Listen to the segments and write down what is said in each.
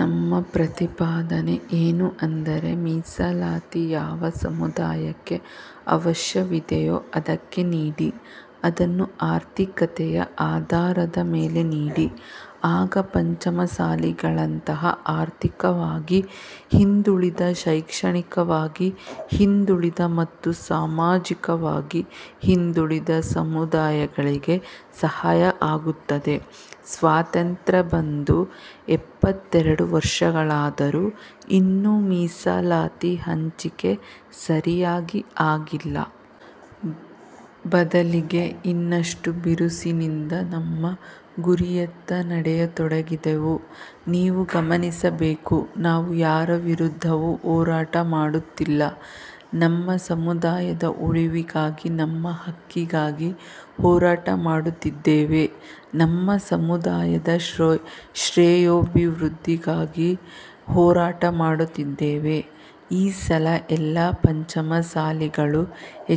ನಮ್ಮ ಪ್ರತಿಪಾದನೆ ಏನು ಅಂದರೆ, ಮೀಸಲಾತಿ ಯಾವ ಸಮುದಾಯಕ್ಕೆ ಅವಶ್ಯವಿದೆಯೋ ಅದಕ್ಕೆ ನೀಡಿ. ಅದನ್ನು ಆರ್ಥಿಕತೆಯ ಆಧಾರದ ಮೇಲೆ ನೀಡಿ. ಆಗ ಪಂಚಮಸಾಲಿಗಳಂತಹ ಆರ್ಥಿಕವಾಗಿ ಹಿಂದುಳಿದ ಶೈಕ್ಷಣಿಕವಾಗಿ ಹಿಂದುಳಿದ ಮತ್ತು ಸಾಮಾಜಿಕವಾಗಿ ಹಿಂದುಳಿದ ಸಮುದಾಯಗಳಿಗೆ ಸಹಾಯ ಆಗುತ್ತದೆ. ಸ್ವಾತಂತ್ರ್ಯ ಬಂದು ಎಪ್ಪತ್ತೆರಡು ವರ್ಷಗಳಾದರೂ ಇನ್ನೂ ಮೀಸಲಾತಿ ಹಂಚಿಕೆ ಸರಿಯಾಗಿ ಆಗಿಲ್ಲ. ಬದಲಿಗೆ ಇನ್ನಷ್ಟುಬಿರುಸಿನಿಂದ ನಮ್ಮ ಗುರಿಯತ್ತ ನಡೆಯತೊಡಗಿದೆವು. ನೀವು ಗಮನಿಸಬೇಕು, ನಾವು ಯಾರ ವಿರುದ್ಧವೂ ಹೋರಾಟ ಮಾಡುತ್ತಿಲ್ಲ. ನಮ್ಮ ಸಮುದಾಯದ ಉಳಿವಿಗಾಗಿ ನಮ್ಮ ಹಕ್ಕಿಗಾಗಿ ಹೋರಾಟ ಮಾಡುತ್ತಿದ್ದೇವೆ. ನಮ್ಮ ಸಮುದಾಯದ ಶ್ರೇಯೋಭಿವೃದ್ಧಿಗಾಗಿ ಹೋರಾಟ ಮಾಡುತ್ತಿದ್ದೇವೆ. ಈ ಸಲ ಎಲ್ಲಾ ಪಂಚಮಸಾಲಿಗಳೂ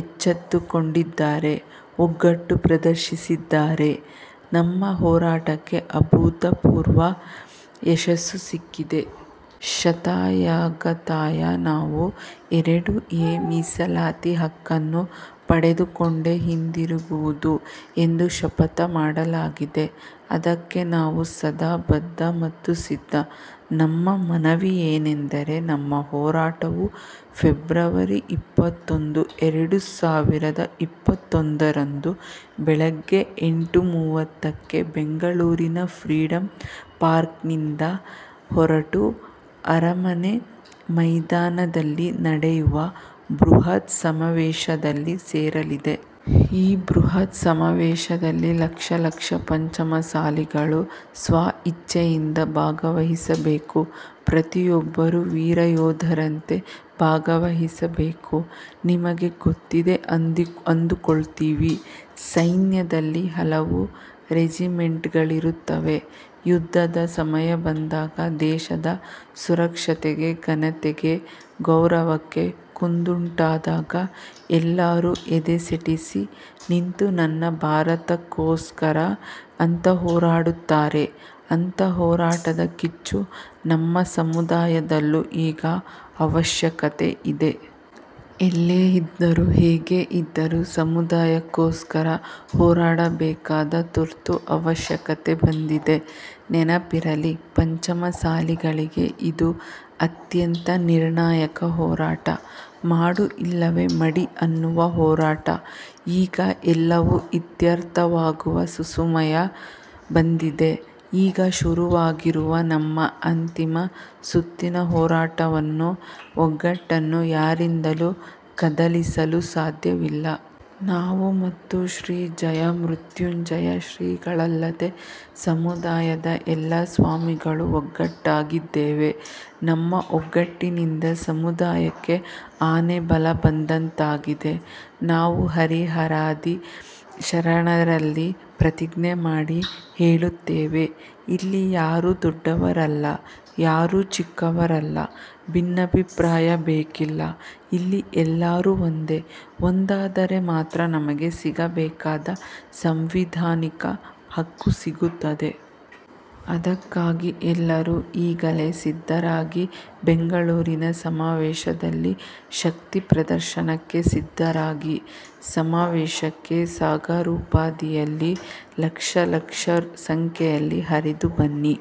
ಎಚ್ಚತ್ತುಕೊಂಡಿದ್ದಾರೆ. ಒಗ್ಗಟ್ಟು ಪ್ರದರ್ಶಿಸಿದ್ದಾರೆ. ನಮ್ಮ ಹೋರಾಟಕ್ಕೆ ಅಭೂತಪೂರ್ವ ಯಶಸ್ಸು ಸಿಕ್ಕಿದೆ. ಶತಾಯಗತಾಯ ನಾವು ಎರಡು ಎ ಮೀಸಲಾತಿ ಹಕ್ಕನ್ನು ಪಡೆದುಕೊಂಡೇ ಹಿಂದಿರುಗುವುದು ಎಂದು ಶಪಥ ಮಾಡಲಾಗಿದೆ. ಅದಕ್ಕೆ ನಾವು ಸದಾ ಬದ್ಧ ಮತ್ತು ಸಿದ್ಧ. ನಮ್ಮ ಮನವಿಯೇನೆಂದರೆ, ನಮ್ಮ ಹೋರಾಟವು ಫೆಬ್ರವರಿ ಇಪ್ಪತ್ತೊಂದು, ಎರಡು ಸಾವಿರದ ಇಪ್ಪತ್ತೊಂದರಂದು ಬೆಳಗ್ಗೆ ಎಂಟು ಮೂವತ್ತಕ್ಕೆ ಬೆಂಗಳೂರಿನ ಫ್ರೀಡಂ ಪಾರ್ಕ್ನಿಂದ ಹೊರಟು ಅರಮನೆ ಮೈದಾನದಲ್ಲಿ ನಡೆಯುವ ಬೃಹತ್ ಸಮಾವೇಶದಲ್ಲಿ ಸೇರಲಿದೆ. ಈ ಬೃಹತ್ ಸಮಾವೇಶದಲ್ಲಿ ಲಕ್ಷಲಕ್ಷ ಪಂಚಮಸಾಲಿಗಳು ಸ್ವಇಚ್ಛೆಯಿಂದ ಭಾಗವಹಿಸಬೇಕು. ಪ್ರತಿಯೊಬ್ಬರೂ ವೀರ ಯೋಧರಂತೆ ಭಾಗವಹಿಸಬೇಕು. ನಿಮಗೆ ಗೊತ್ತಿದೆ ಅಂದುಕೊಳ್ತೀವಿ. ಸೈನ್ಯದಲ್ಲಿ ಹಲವು ರೆಜಿಮೆಂಟ್ಗಳಿರುತ್ತವೆ. ಯುದ್ಧದ ಸಮಯ ಬಂದಾಗ, ದೇಶದ ಸುರಕ್ಷತೆಗೆ ಘನತೆಗೆ ಗೌರವಕ್ಕೆ ಕುಂದುಂಟಾದಾಗ ಎಲ್ಲರೂ ಎದೆಸೆಟೆಸಿ ನಿಂತು ನನ್ನ ಭಾರತಕ್ಕೋಸ್ಕರ ಅಂತ ಹೋರಾಡುತ್ತಾರೆ. ಅಂಥ ಹೋರಾಟದ ಕಿಚ್ಚು ನಮ್ಮ ಸಮುದಾಯದಲ್ಲೂ ಈಗ ಅವಶ್ಯಕತೆ ಇದೆ. ಎಲ್ಲೇ ಇದ್ದರೂ ಹೇಗೆ ಇದ್ದರೂ ಸಮುದಾಯಕ್ಕೋಸ್ಕರ ಹೋರಾಡಬೇಕಾದ ತುರ್ತು ಅವಶ್ಯಕತೆ ಬಂದಿದೆ. ನೆನಪಿರಲಿ, ಪಂಚಮಸಾಲಿಗಳಿಗೆ ಇದು ಅತ್ಯಂತ ನಿರ್ಣಾಯಕ ಹೋರಾಟ. ಮಾಡು ಇಲ್ಲವೆ ಮಡಿ ಅನ್ನುವ ಹೋರಾಟ. ಈಗ ಎಲ್ಲವೂ ಇತ್ಯರ್ಥವಾಗುವ ಸುಸಮಯ ಬಂದಿದೆ. ಈಗ ಶುರುವಾಗಿರುವ ನಮ್ಮ ಅಂತಿಮ ಸುತ್ತಿನ ಹೋರಾಟವನ್ನು, ಒಗ್ಗಟ್ಟನ್ನು ಯಾರಿಂದಲೂ ಕದಲಿಸಲು ಸಾಧ್ಯವಿಲ್ಲ. ನಾವು ಮತ್ತು ಶ್ರೀ ಜಯಮೃತ್ಯುಂಜಯ ಶ್ರೀಗಳಲ್ಲದೆ ಸಮುದಾಯದ ಎಲ್ಲಾ ಸ್ವಾಮಿಗಳು ಒಗ್ಗಟ್ಟಾಗಿದ್ದೇವೆ. ನಮ್ಮ ಒಗ್ಗಟ್ಟಿನಿಂದ ಸಮುದಾಯಕ್ಕೆ ಆನೆ ಬಲ ಬಂದಂತಾಗಿದೆ. ನಾವು ಹರಿಹರಾದಿ ಶರಣರಲ್ಲಿ ಪ್ರತಿಜ್ಞೆ ಮಾಡಿ ಹೇಳುತ್ತೇವೆ, ಇಲ್ಲಿ ಯಾರೂ ದೊಡ್ಡವರಲ್ಲ. ಯಾರೂ ಚಿಕ್ಕವರಲ್ಲ. ಭಿನ್ನಾಭಿಪ್ರಾಯ ಬೇಕಿಲ್ಲ. ಇಲ್ಲಿ ಎಲ್ಲರೂ ಒಂದೆ. ಒಂದಾದರೆ ಮಾತ್ರ ನಮಗೆ ಸಿಗಬೇಕಾದ ಸಾಂವಿಧಾನಿಕ ಹಕ್ಕು ಸಿಗುತ್ತದೆ. ಅದಕ್ಕಾಗಿ ಎಲ್ಲರೂ ಈಗಲೇ ಸಿದ್ಧರಾಗಿ. ಬೆಂಗಳೂರಿನ ಸಮಾವೇಶದಲ್ಲಿ ಶಕ್ತಿ ಪ್ರದರ್ಶನಕ್ಕೆ ಸಿದ್ಧರಾಗಿ. ಸಮಾವೇಶಕ್ಕೆ ಸಾಗರೋಪಾದಿಯಲ್ಲಿ ಲಕ್ಷ ಲಕ್ಷ ಸಂಖ್ಯೆಯಲ್ಲಿ ಹರಿದುಬನ್ನಿ.